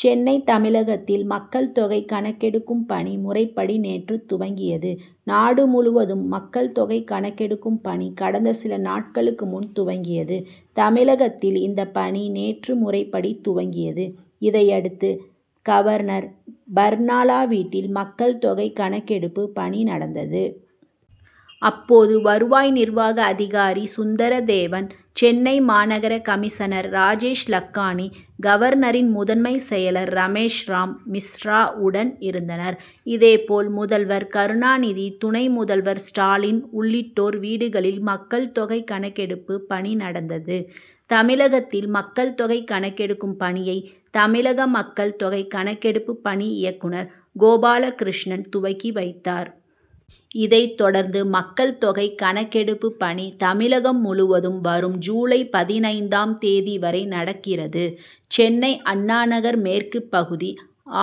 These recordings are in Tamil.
சென்னை தமிழகத்தில் மக்கள் தொகை கணக்கெடுக்கும் பணி, முறைப்படி நேற்று துவங்கியது. நாடு முழுவதும் மக்கள் தொகை கணக்கெடுக்கும் பணி கடந்த சில நாட்களுக்கு முன் துவங்கியது. தமிழகத்தில் இந்த பணி நேற்று முறைப்படி துவங்கியது. இதையடுத்து, கவர்னர் பர்னாலா வீட்டில் மக்கள் தொகை கணக்கெடுப்பு பணி நடந்தது. அப்போது வருவாய் நிர்வாக அதிகாரி சுந்தரதேவன், சென்னை மாநகர கமிஷனர் ராஜேஷ் லக்கானி, கவர்னரின் முதன்மைச் செயலர் ரமேஷ்ராம் மிஸ்ரா உடன் இருந்தனர். இதே போல் முதல்வர் கருணாநிதி, துணை முதல்வர் ஸ்டாலின் உள்ளிட்டோர் வீடுகளில் மக்கள் தொகை கணக்கெடுப்பு பணி நடந்தது. தமிழகத்தில் மக்கள் தொகை கணக்கெடுக்கும் பணியை, தமிழக மக்கள் தொகை கணக்கெடுப்பு பணி இயக்குனர் கோபாலகிருஷ்ணன் துவக்கி வைத்தார். இதைத் தொடர்ந்து மக்கள் தொகை கணக்கெடுப்பு பணி தமிழகம் முழுவதும் வரும் ஜூலை பதினைந்தாம் தேதி வரை நடக்கிறது. சென்னை அண்ணாநகர் மேற்கு பகுதி,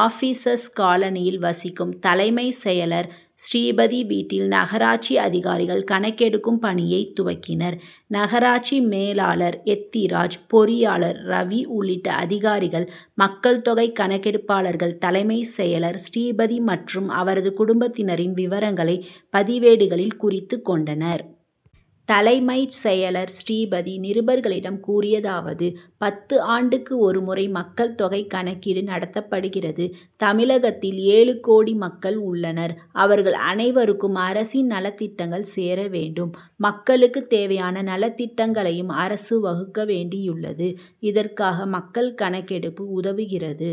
ஆபீசர்ஸ் காலனியில் வசிக்கும் தலைமைச் செயலர் ஸ்ரீபதி வீட்டில் நகராட்சி அதிகாரிகள் கணக்கெடுக்கும் பணியை துவக்கினர். நகராட்சி மேலாளர் எத்திராஜ், பொறியாளர் ரவி உள்ளிட்ட அதிகாரிகள், மக்கள் தொகை கணக்கெடுப்பாளர்கள் தலைமைச் செயலர் ஸ்ரீபதி மற்றும் அவரது குடும்பத்தினரின் விவரங்களை, பதிவேடுகளில் குறித்துக் கொண்டனர். தலைமைச் செயலர் ஸ்ரீபதி, நிருபர்களிடம் கூறியதாவது: பத்து ஆண்டுக்கு ஒருமுறை மக்கள் தொகை கணக்கீடு நடத்தப்படுகிறது. தமிழகத்தில் ஏழு கோடி மக்கள் உள்ளனர். அவர்கள் அனைவருக்கும் அரசின் நலத்திட்டங்கள் சேர வேண்டும். மக்களுக்குத் தேவையான நலத்திட்டங்களையும் அரசு வகுக்க வேண்டியுள்ளது. இதற்காக, மக்கள் கணக்கெடுப்பு உதவுகிறது.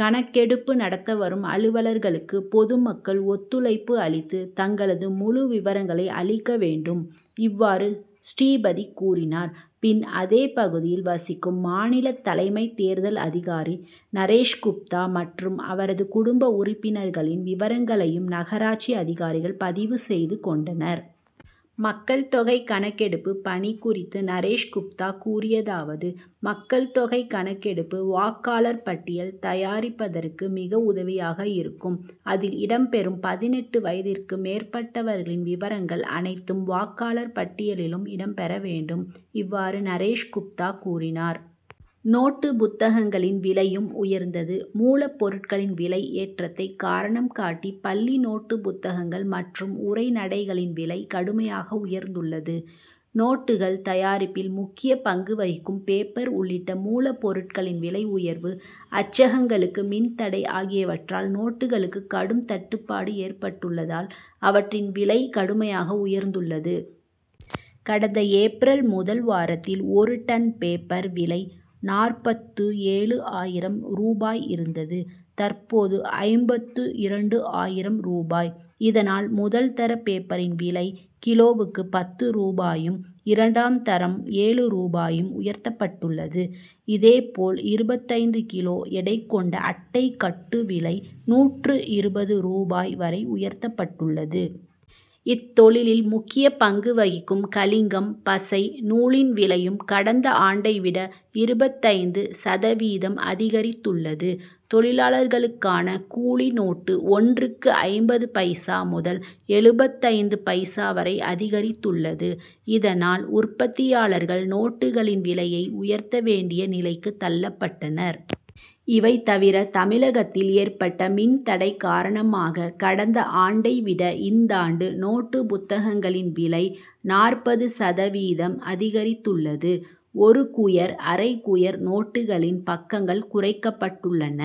கணக்கெடுப்பு நடத்த வரும் அலுவலர்களுக்கு பொதுமக்கள் ஒத்துழைப்பு அளித்து, தங்களது முழு விவரங்களை அளிக்க வேண்டும். இவ்வாறு ஸ்ரீபதி கூறினார். பின், அதே பகுதியில் வசிக்கும் மாநில தலைமைத் தேர்தல் அதிகாரி நரேஷ் குப்தா மற்றும் அவரது குடும்ப உறுப்பினர்களின் விவரங்களையும் நகராட்சி அதிகாரிகள் பதிவு செய்து கொண்டனர். மக்கள் தொகை கணக்கெடுப்பு பணி குறித்து நரேஷ் குப்தா கூறியதாவது: மக்கள் தொகை கணக்கெடுப்பு, வாக்காளர் பட்டியல் தயாரிப்பதற்கு மிக உதவியாக இருக்கும். அதில் இடம் பெறும் பதினெட்டு வயதிற்கு மேற்பட்டவர்களின் விவரங்கள் அனைத்தும், வாக்காளர் பட்டியலிலும் இடம் பெற வேண்டும். இவ்வாறு நரேஷ் குப்தா கூறினார். நோட்டுப் புத்தகங்களின் விலையும் உயர்ந்தது மூலப் பொருட்களின் விலை ஏற்றத்தை காரணம் காட்டி, பள்ளி நோட்டுப் புத்தகங்கள் மற்றும் உரைநடைகளின் விலை, கடுமையாக உயர்ந்துள்ளது. நோட்டுகள் தயாரிப்பில் முக்கிய பங்கு வகிக்கும் பேப்பர் உள்ளிட்ட மூலப் பொருட்களின் விலை உயர்வு, அச்சகங்களுக்கு மின் தடை ஆகியவற்றால், நோட்டுகளுக்கு கடும் தட்டுப்பாடு ஏற்பட்டுள்ளதால், அவற்றின் விலை கடுமையாக உயர்ந்துள்ளது. கடந்த ஏப்ரல் முதல் வாரத்தில், ஒரு டன் பேப்பர் விலை நாற்பத்து ஏழு ஆயிரம் ரூபாய் இருந்தது; தற்போது ஐம்பத்து இரண்டு ஆயிரம் ரூபாய். இதனால், முதல் தர பேப்பரின் விலை, கிலோவுக்கு பத்து ரூபாயும், இரண்டாம் தரம் ஏழு ரூபாயும் உயர்த்தப்பட்டுள்ளது. இதே போல், இருபத்தைந்து கிலோ எடை கொண்ட அட்டை கட்டு விலை, நூற்று இருபது ரூபாய் வரை உயர்த்தப்பட்டுள்ளது. இத்தொழிலில் முக்கிய பங்கு வகிக்கும் கலிங்கம், பசை, நூலின் விலையும், கடந்த ஆண்டை விட, இருபத்தைந்து சதவீதம் அதிகரித்துள்ளது. தொழிலாளர்களுக்கான, கூலி நோட்டு ஒன்றுக்கு ஐம்பது பைசா முதல் எழுபத்தைந்து பைசா வரை அதிகரித்துள்ளது. இதனால், உற்பத்தியாளர்கள், நோட்டுகளின் விலையை உயர்த்த வேண்டிய நிலைக்கு தள்ளப்பட்டனர். இவை தவிர, தமிழகத்தில் ஏற்பட்ட மின் தடை காரணமாக, கடந்த ஆண்டை விட இந்தாண்டு நோட்டுப் புத்தகங்களின் விலை, நாற்பது சதவீதம் அதிகரித்துள்ளது. ஒரு குயர், அரை குயர் நோட்டுகளின் பக்கங்கள் குறைக்கப்பட்டுள்ளன.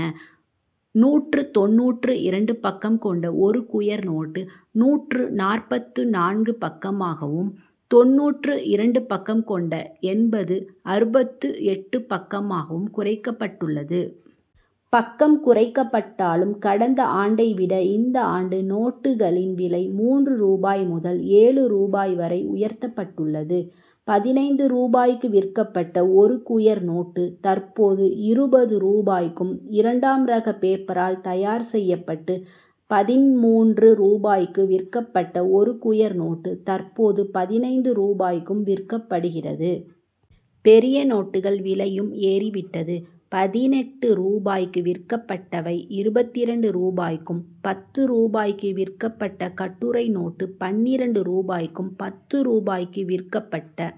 நூற்று தொண்ணூற்று இரண்டு பக்கம் கொண்ட ஒரு குயர் நோட்டு, நூற்று நாற்பத்து நான்கு பக்கமாகவும், தொண்ணூற்று இரண்டு பக்கம் கொண்ட என்பது, அறுபத்து எட்டு பக்கமாகவும் குறைக்கப்பட்டுள்ளது. பக்கம் குறைக்கப்பட்டாலும், கடந்த ஆண்டை விட இந்த ஆண்டு நோட்டுகளின் விலை, மூன்று ரூபாய் முதல் ஏழு ரூபாய் வரை உயர்த்தப்பட்டுள்ளது. பதினைந்து ரூபாய்க்கு விற்கப்பட்ட ஒரு குயர் நோட்டு, தற்போது இருபது ரூபாய்க்கும், இரண்டாம் ரக பேப்பரால் தயார் செய்யப்பட்டு, பதின்மூன்று ரூபாய்க்கு விற்கப்பட்ட ஒரு குயர் நோட்டு, தற்போது பதினைந்து ரூபாய்க்கும் விற்கப்படுகிறது. பெரிய நோட்டுகள் விலையும் ஏறி விட்டது. பதினெட்டு ரூபாய்க்கு விற்கப்பட்டவை, இருபத்திரண்டு ரூபாய்க்கும், பத்து ரூபாய்க்கு விற்கப்பட்ட கட்டுரை நோட்டு, பன்னிரண்டு ரூபாய்க்கும், பத்து ரூபாய்க்கு விற்கப்பட்ட